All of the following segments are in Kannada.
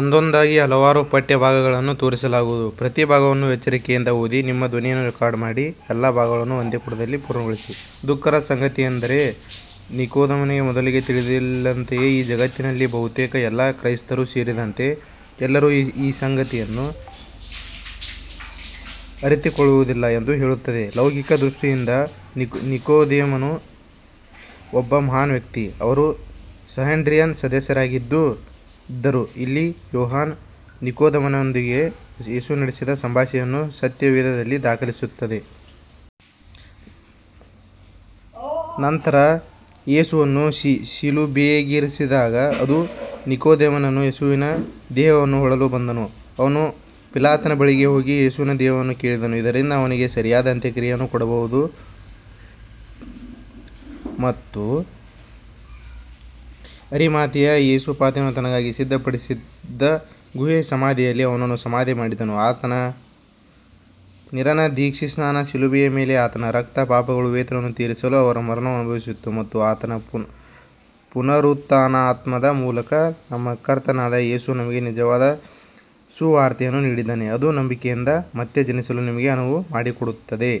ದುಃಖಕರ ಸಂಗತಿಯೆಂದರೆ, ನಿಕೊದೇಮನಗೆ ಮೊದಲಿಗೆ ತಿಳಿದಿಲ್ಲದಂತೆಯೇ ಈ ಜಗತ್ತಿನಲ್ಲಿ ಬಹುತೇಕ ಎಲ್ಲ ಕ್ರೈಸ್ತರು ಸೇರಿದಂತೆ ಎಲ್ಲರೂ ಈ ಸಂಗತಿಯನ್ನು ಅರಿತುಕೊಳ್ಳುವುದಿಲ್ಲ ಎಂದು ಹೇಳುತ್ತದೆ. ಲೌಕಿಕ ದೃಷ್ಟಿಯಿಂದ, ನಿಕೊದೇಮನು ಒಬ್ಬ ಮಹಾನ್ ವ್ಯಕ್ತಿ. ಅವರು ಸಂಹೆಡ್ರಿನ್ ಸದಸ್ಯರಾಗಿದ್ದರು. ಇಲ್ಲಿ ಯೋಹಾನ, ನಿಕೊದೇಮನನೊಂದಿಗೆ ಯೇಸು ನಡೆಸಿದ ಸಂಭಾಷಣೆಯನ್ನು ಸತ್ಯವೇದದಲ್ಲಿ ದಾಖಲಿಸುತ್ತದೆ. ನಂತರ, ಯೇಸುವನ್ನು ಶಿಲುಬೆಗೇರಿಸಿದಾಗ, ಅದೇ ನಿಕೊದೇಮನನು ಯೇಸುವಿನ ದೇಹವನ್ನು ಹೂಳಲು ಬಂದನು. ಅವನು ಪಿಲಾತನ ಬಳಿಗೆ ಹೋಗಿ ಯೇಸುವಿನ ದೇಹವನ್ನು ಕೇಳಿದನು, ಇದರಿಂದ ಅವನಿಗೆ ಸರಿಯಾದ ಅಂತ್ಯಕ್ರಿಯೆಯನ್ನು ಕೊಡಬಹುದು ಮತ್ತು ಅರಿಮಾಥೆಯ ಯೋಸೇಫನು ತನಗಾಗಿ ಸಿದ್ಧಪಡಿಸಿದ್ದ ಗುಹೆ-ಸಮಾಧಿಯಲ್ಲಿ ಅವನನ್ನು ಸಮಾಧಿ ಮಾಡಿದನು. ಆತನ ನೀರಿನ ದೀಕ್ಷಾಸ್ನಾನ, ಶಿಲುಬೆಯ ಮೇಲೆ ಆತನ ರಕ್ತ, ಪಾಪಗಳ ವೇತನವನ್ನು ತೀರಿಸಲು ಅವರ ಮರಣವು ಅನುಭವಿಸಿತು, ಮತ್ತು ಆತನ ಪುನರುತ್ಥಾನದ ಮೂಲಕ, ನಮ್ಮ ಕರ್ತನಾದ ಯೇಸು ನಮಗೆ ನಿಜವಾದ ಸುವಾರ್ತೆಯನ್ನು ನೀಡಿದ್ದಾನೆ, ಅದು ನಂಬಿಕೆಯಿಂದ ಮತ್ತೆ ಜನಿಸಲು ನಮಗೆ ಅನುವು ಮಾಡಿಕೊಡುತ್ತದೆ.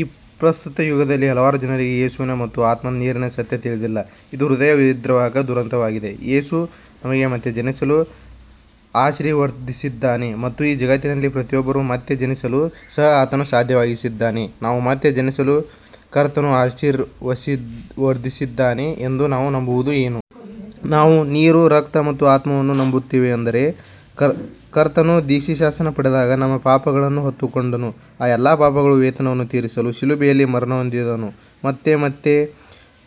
ಈ ಪ್ರಸ್ತುತ ಯುಗದಲ್ಲಿ ಹಲವಾರು ಜನರಿಗೆ ಯೇಸುವಿನ ಮತ್ತು ಆತ್ಮದ ನೀರಿನ ಸತ್ಯ ತಿಳಿದಿಲ್ಲ. ಇದು ಹೃದಯ ವಿದ್ರಾವಕ ದುರಂತವಾಗಿದೆ. ಯೇಸು ನಮಗೆ ಮತ್ತೆ ಜನಿಸಲು ಆಶೀರ್ವದಿಸಿದ್ದಾನೆ, ಮತ್ತು ಈ ಜಗತ್ತಿನಲ್ಲಿ ಪ್ರತಿಯೊಬ್ಬರೂ ಮತ್ತೆ ಜನಿಸಲು ಸಹ ಆತನು ಸಾಧ್ಯವಾಗಿಸಿದ್ದಾನೆ. ನಾವು ಮತ್ತೆ ಜನಿಸಲು ಕರ್ತನು ಆಶೀರ್ವದಿಸಿದ್ದಾನೆ ಎಂದು ನಾವು ನಂಬುವುದು ಏನು? ನಾವು ನೀರು, ರಕ್ತ ಮತ್ತು ಆತ್ಮವನ್ನು ನಂಬುತ್ತೇವೆ ಅಂದರೆ, ಕರ್ತನು ದೀಕ್ಷಾಸ್ನಾನ ಪಡೆದಾಗ ನಮ್ಮ ಪಾಪಗಳನ್ನು ಹೊತ್ತುಕೊಂಡನು, ಆ ಎಲ್ಲಾ ಪಾಪಗಳ ವೇತನವನ್ನು ತೀರಿಸಲು ಶಿಲುಬೆಯಲ್ಲಿ ಮರಣಹೊಂದಿದನು ಮತ್ತು ಮತ್ತೆ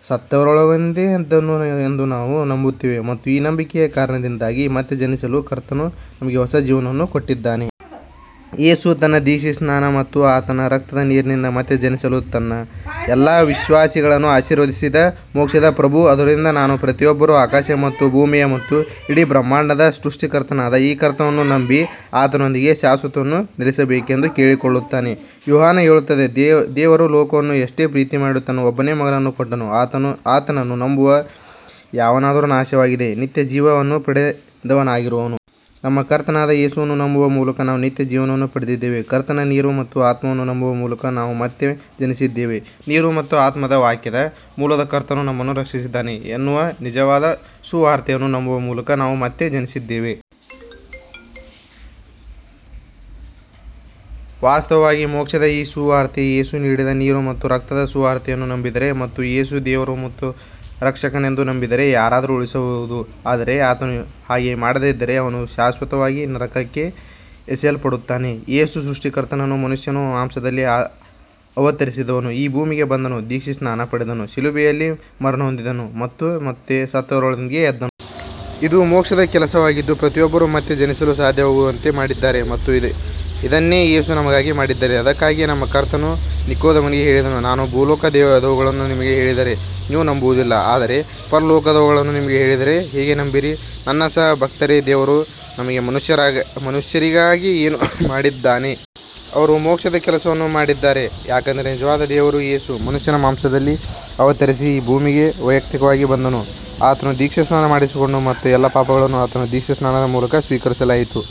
ಸತ್ತವರೊಳಗಿಂದ ಎದ್ದನು ಎಂದು ನಾವು ನಂಬುತ್ತೇವೆ ಮತ್ತು ಈ ನಂಬಿಕೆಯ ಕಾರಣದಿಂದಾಗಿ ಮತ್ತೆ ಜನಿಸಲು ಕರ್ತನು ನಮಗೆ ಹೊಸ ಜೀವನವನ್ನು ಕೊಟ್ಟಿದ್ದಾನೆ. ಯೇಸು ತನ್ನ ದೀಕ್ಷಾಸ್ನಾನ ಮತ್ತು ಆತನ ರಕ್ತದ ನೀರಿನಿಂದ ಮತ್ತೆ ಜನಿಸಲು ತನ್ನ ಎಲ್ಲಾ ವಿಶ್ವಾಸಿಗಳನ್ನು ಆಶೀರ್ವದಿಸಿದ ಮೋಕ್ಷದ ಪ್ರಭು. ಆದುದರಿಂದ ನಾನು ಪ್ರತಿಯೊಬ್ಬರೂ ಆಕಾಶ ಮತ್ತು ಭೂಮಿಯ ಮತ್ತು ಇಡೀ ಬ್ರಹ್ಮಾಂಡದ ಸೃಷ್ಟಿಕರ್ತನಾದ ಈ ಕರ್ತನನ್ನು ನಂಬಿ, ಆತನೊಂದಿಗೆ ಶಾಶ್ವತವಾಗಿ ನೆಲೆಸಬೇಕೆಂದು ಕೇಳಿಕೊಳ್ಳುತ್ತೇನೆ. ಯೋಹಾನ ಹೇಳುತ್ತದೆ, "ದೇವರು ಲೋಕವನ್ನು ಎಷ್ಟೋ ಪ್ರೀತಿಮಾಡಿ ತನ್ನ ಒಬ್ಬನೇ ಮಗನನ್ನು ಕೊಟ್ಟನು; ಆತನನ್ನು ನಂಬುವ ಯಾವನಾದರೂ ನಾಶವಾಗದೆ ನಿತ್ಯಜೀವ ವನ್ನು ಪಡೆದವನಾಗಿರುವನು.. " ನಮ್ಮ ಕರ್ತನಾದ ಯೇಸುವನ್ನು ನಂಬುವ ಮೂಲಕ ನಾವು ನಿತ್ಯಜೀವವನ್ನು ಪಡೆದಿದ್ದೇವೆ. ಕರ್ತನ ನೀರು ಮತ್ತು ಆತ್ಮವನ್ನು ನಂಬುವ ಮೂಲಕ ನಾವು ಮತ್ತೆ ಜನಿಸಿದ್ದೇವೆ. ನೀರು ಮತ್ತು ಆತ್ಮದ ವಾಕ್ಯದ ಮೂಲಕ ಕರ್ತನು ನಮ್ಮನು ರಕ್ಷಿಸಿದ್ದಾನೆ ಎನ್ನುವ ನಿಜವಾದ ಸುವಾರ್ತೆಯನ್ನು ನಂಬುವ ಮೂಲಕ, ನಾವು ಮತ್ತೆ ಜನಿಸಿದ್ದೇವೆ. ವಾಸ್ತವವಾಗಿ, ಮೋಕ್ಷದ ಈ ಸುವಾರ್ತೆ, ಯೇಸು ನೀಡಿದ ನೀರು ಮತ್ತು ರಕ್ತದ ಸುವಾರ್ತೆಯನ್ನು ನಂಬಿದರೆ ಮತ್ತು ಯೇಸು ದೇವರು ಮತ್ತು ರಕ್ಷಕನೆಂದು ನಂಬಿದರೆ ಯಾರಾದರೂ ಉಳಿಸಬಹುದು; ಆದರೆ ಆತನು ಹಾಗೆ ಮಾಡದಿದ್ದರೆ, ಅವನು ಶಾಶ್ವತವಾಗಿ ನರಕಕ್ಕೆ ಎಸೆಯಲ್ಪಡುತ್ತಾನೆ. ಯೇಸು, ಸೃಷ್ಟಿಕರ್ತನು ಮನುಷ್ಯನ ಮಾಂಸದಲ್ಲಿ ಅವತರಿಸಿದನು ಈ ಭೂಮಿಗೆ ಬಂದನು, ದೀಕ್ಷಾಸ್ನಾನ ಪಡೆದನು, ಶಿಲುಬೆಯಲ್ಲಿ ಮರಣಹೊಂದಿದನು ಮತ್ತು ಮತ್ತೆ ಸತ್ತವರೊಳಗಿಂದ ಎದ್ದನು. ಇದು ಮೋಕ್ಷದ ಕೆಲಸವಾಗಿದ್ದು, ಪ್ರತಿಯೊಬ್ಬರೂ ಮತ್ತೆ ಜನಿಸಲು ಸಾಧ್ಯವಾಗುವಂತೆ ಮಾಡಿದ್ದಾರೆ ಮತ್ತು ಇದನ್ನೇ ಯೇಸು ನಮಗಾಗಿ ಮಾಡಿದ್ದಾರೆ. ಅದಕ್ಕಾಗಿಯೇ ನಮ್ಮ ಕರ್ತನು ನಿಕೊದೇಮನಿಗೆ ಹೇಳಿದನು, "ನಾನು ಭೂಲೋಕ ದವುಗಳನ್ನು ನಿಮಗೆ ಹೇಳಿದರೆ ನೀವು ನಂಬುವದಿಲ್ಲ; ಆದರೆ ಪರಲೋಕದವುಗಳನ್ನು ನಿಮಗೆ ಹೇಳಿದರೆ ಹೇಗೆ ನಂಬೀರಿ " ನನ್ನ ಸಹ ಭಕ್ತರೇ, ದೇವರು ನಮಗೆ ಮನುಷ್ಯರಿಗಾಗಿ ಏನು ಮಾಡಿದ್ದಾನೆ? ಅವರು ಮೋಕ್ಷದ ಕೆಲಸವನ್ನು ಮಾಡಿದ್ದಾರೆ, ಯಾಕಂದರೆ ನಿಜವಾದ ದೇವರು ಯೇಸು ಮನುಷ್ಯನ ಮಾಂಸದಲ್ಲಿ ಅವತರಿಸಿ ಈ ಭೂಮಿಗೆ ವೈಯಕ್ತಿಕವಾಗಿ ಬಂದನು. ಆತನು ದೀಕ್ಷಾಸ್ನಾನ ಮಾಡಿಸಿಕೊಂಡು ಮತ್ತು ಎಲ್ಲಾ ಪಾಪಗಳನ್ನು ಆತನ ದೀಕ್ಷಾಸ್ನಾನದ ಮೂಲಕ ಸ್ವೀಕರಿಸಲಾಯಿತು.